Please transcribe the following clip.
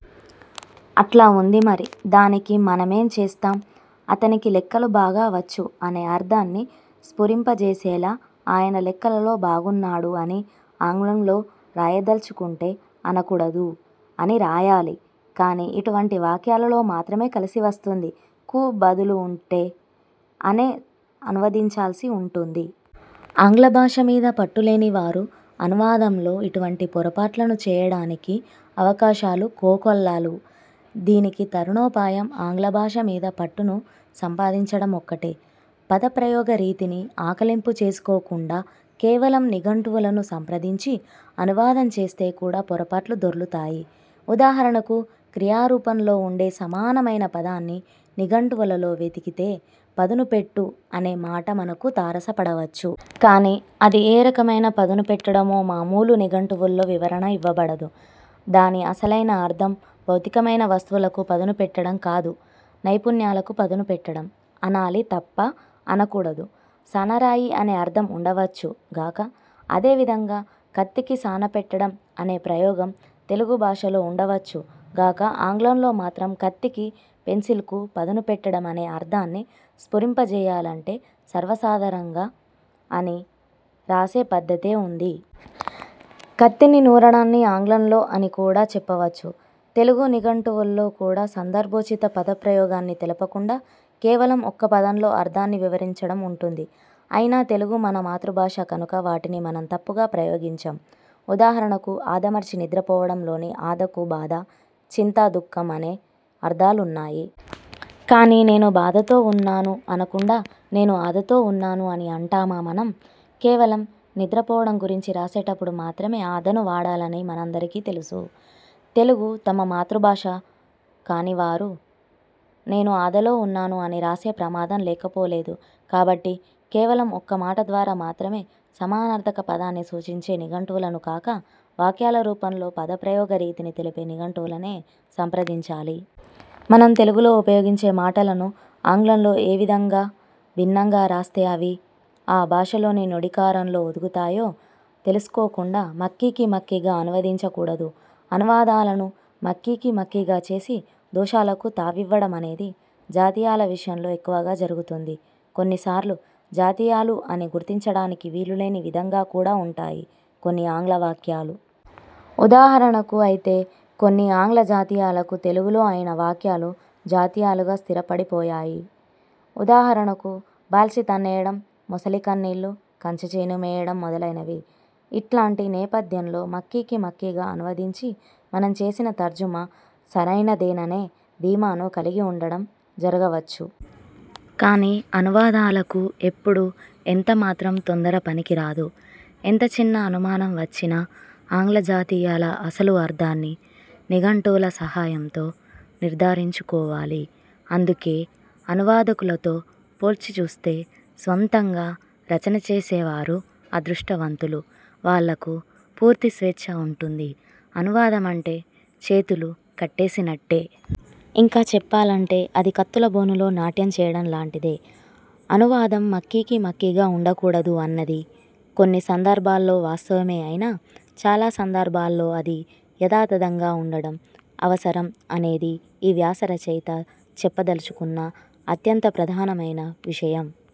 అట్లా వుంది మరి. దానికి మనమేం చేస్తాం! అతనికి లెక్కలు బాగా వచ్చు అనే అర్థాన్ని స్ఫురింపజేసేలా ఆయన లెక్కలలో బాగున్నాడు అని ఆంగ్లంలో రాయదల్చుకుంటే అనకూడదు, అని రాయాలి. కాని, ఇటువంటి వాక్యాలలో మాత్రమే కలిసి వస్తుంది. కు బదులు ఉంటే, అనే అనువదించాల్సి వుంటుంది. ఆంగ్లభాష మీద పట్టులేనివారు అనువాదంలో ఇటువంటి పొరపాట్లను చేయటానికి అవకాశాలు కోకొల్లలు. దీనికి తరుణోపాయం ఆంగ్లభాష మీద పట్టును సంపాదించడమొక్కటే. పదప్రయోగ రీతిని ఆకళింపు చేసుకోకుండా కేవలం నిఘంటువులను సంప్రదించి అనువాదం చేస్తే కూడా పొరపాట్లు దొర్లుతాయి. ఉదాహరణకు క్రియారూపంలో ఉండే సమానమైన పదాన్ని నిఘంటువులలో వెతికితే పదును పెట్టు అనే మాట మనకు తారసపడవచ్చు. కాని, అది ఏ రకమైన పదును పెట్టడమో మామూలు నిఘంటువుల్లో వివరణ ఇవ్వబడదు. దాని అసలైన అర్థం భౌతికమైన వస్తువులకు పదును పెట్టటం కాదు, నైపుణ్యాలకు పదును పెట్టటం. అనాలి తప్ప / అనకూడదు. సానరాయి అనే అర్థం ఉండవచ్చు గాక. అదే విధంగా 'కత్తికి సాన పెట్టడం' అనే ప్రయోగం తెలుగు భాషలో ఉండవచ్చు గాక ఆంగ్లంలో మాత్రం కత్తికి ెన్సిల్ కు పదును పెట్టడమనే అర్థాన్ని స్ఫురింపజేయాలంటే సర్వసాధారణంగా / అని రాసే పద్ధతే ఉంది. కత్తిని నూరడాన్ని ఆంగ్లంలో అని కూడా చెప్పవచ్చు. తెలుగు నిఘంటువుల్లో కూడా సందర్భోచిత పదప్రయోగాన్ని తెలుపకుండా కేవలం ఒక్క పదంలో అర్థాన్ని వివరించడం ఉంటుంది. అయినా తెలుగు మన మాతృభాష కనుక వాటిని మనం తప్పుగా ప్రయోగించం. ఉదాహరణకు 'ఆదమరచి నిద్ర పోవడం' లోని ఆదకు బాధ, చింత, దుఃఖం అనే అర్థాలున్నాయి. కాని, నేను బాధతో ఉన్నాను అనకుండా, నేను ఆదతో ఉన్నాను అని అంటామా మనం? కేవలం నిద్ర పోవడం గురించి రాసేటప్పుడు మాత్రమే 'ఆద'ను వాడాలని మనందరికీ తెలుసు. తెలుగు తమ మాతృభాష కానివారు 'నేను ఆదలో ఉన్నాను' అని రాసే ప్రమాదం లేకపోలేదు. కాబట్టి, కేవలం ఒక్క మాట ద్వారా మాత్రమే సమానార్థక పదాన్ని సూచించే నిఘంటువులను కాక, వాక్యాల రూపంలో పదప్రయోగ రీతిని తెలిపే నిఘంటువులనే సంప్రదించాలి. మనం తెలుగులో ఉపయోగించే మాటలను ఆంగ్లంలో ఏ విధంగా భిన్నంగా రాస్తే అవి ఆ భాషలోని నుడికారంలో ఒదుగుతాయో తెలుసుకోకుండా మక్ఖీకి మక్ఖీగా అనువదించ కూడదు. అనువాదాలను మక్ఖీకి మక్ఖీగా చేసి దోషాలకు తావివ్వడమనేది జాతీయాల విషయంలో ఎక్కువగా జరుగుతుంది. కొన్నిసార్లు జాతీయాలు అని గుర్తించడానికి వీలులేని విధంగా కూడా ఉంటాయి కొన్ని ఆంగ్ల వాక్యాలు. ఉదాహరణకు... అయితే కొన్ని ఆంగ్ల జాతీయాలకు తెలుగులో అయిన వాక్యాలు జాతీయాలుగా స్థిరపడి పోయాయి. ఉదాహరణకు బాల్చీ తన్నేయడం; మొసలి కన్నీళ్లు; కంచే చేను మేయడం మొదలైనవి. ఇట్లాంటి నేపథ్యంలో మక్ఖీకి మక్ఖీగా అనువదించి, మనం చేసిన తర్జుమా సరైనదేననే ధీమాను కలిగి వుండటం జరగవచ్చు! కాని, అనువాదకులకు ఎప్పుడూ, ఎంత మాత్రం తొందర పనికి రాదు. ఎంత చిన్న అనుమానం వచ్చినా ఆంగ్ల జాతీయాల అసలు అర్థాన్ని నిఘంటువుల సహాయంతో నిర్థారించుకోవాలి. అందుకే, అనువాదకులతో పోల్చి చూస్తే స్వంతంగా రచన చేసేవారు అదృష్టవంతులు. వాళ్లకు పూర్తి స్వేచ్ఛ ఉంటుంది. అనువాదమంటే చేతులు కట్టేసినట్టే. ఇంకా చెప్పాలంటే, అది కత్తులబోనులో నాట్యం చేయటం లాంటిదే. అనువాదం మక్ఖీకి మక్ఖీగా ఉండకూడదు అన్నది కొన్ని సందర్భాల్లో వాస్తవమే అయినా, చాలా సందర్భాల్లో అది యథాతథంగా ఉండటం అవసరం అనేదే ఈ వ్యాసరచయిత చెప్పదల్చుకున్న అత్యంత ప్రధానమైన విషయం.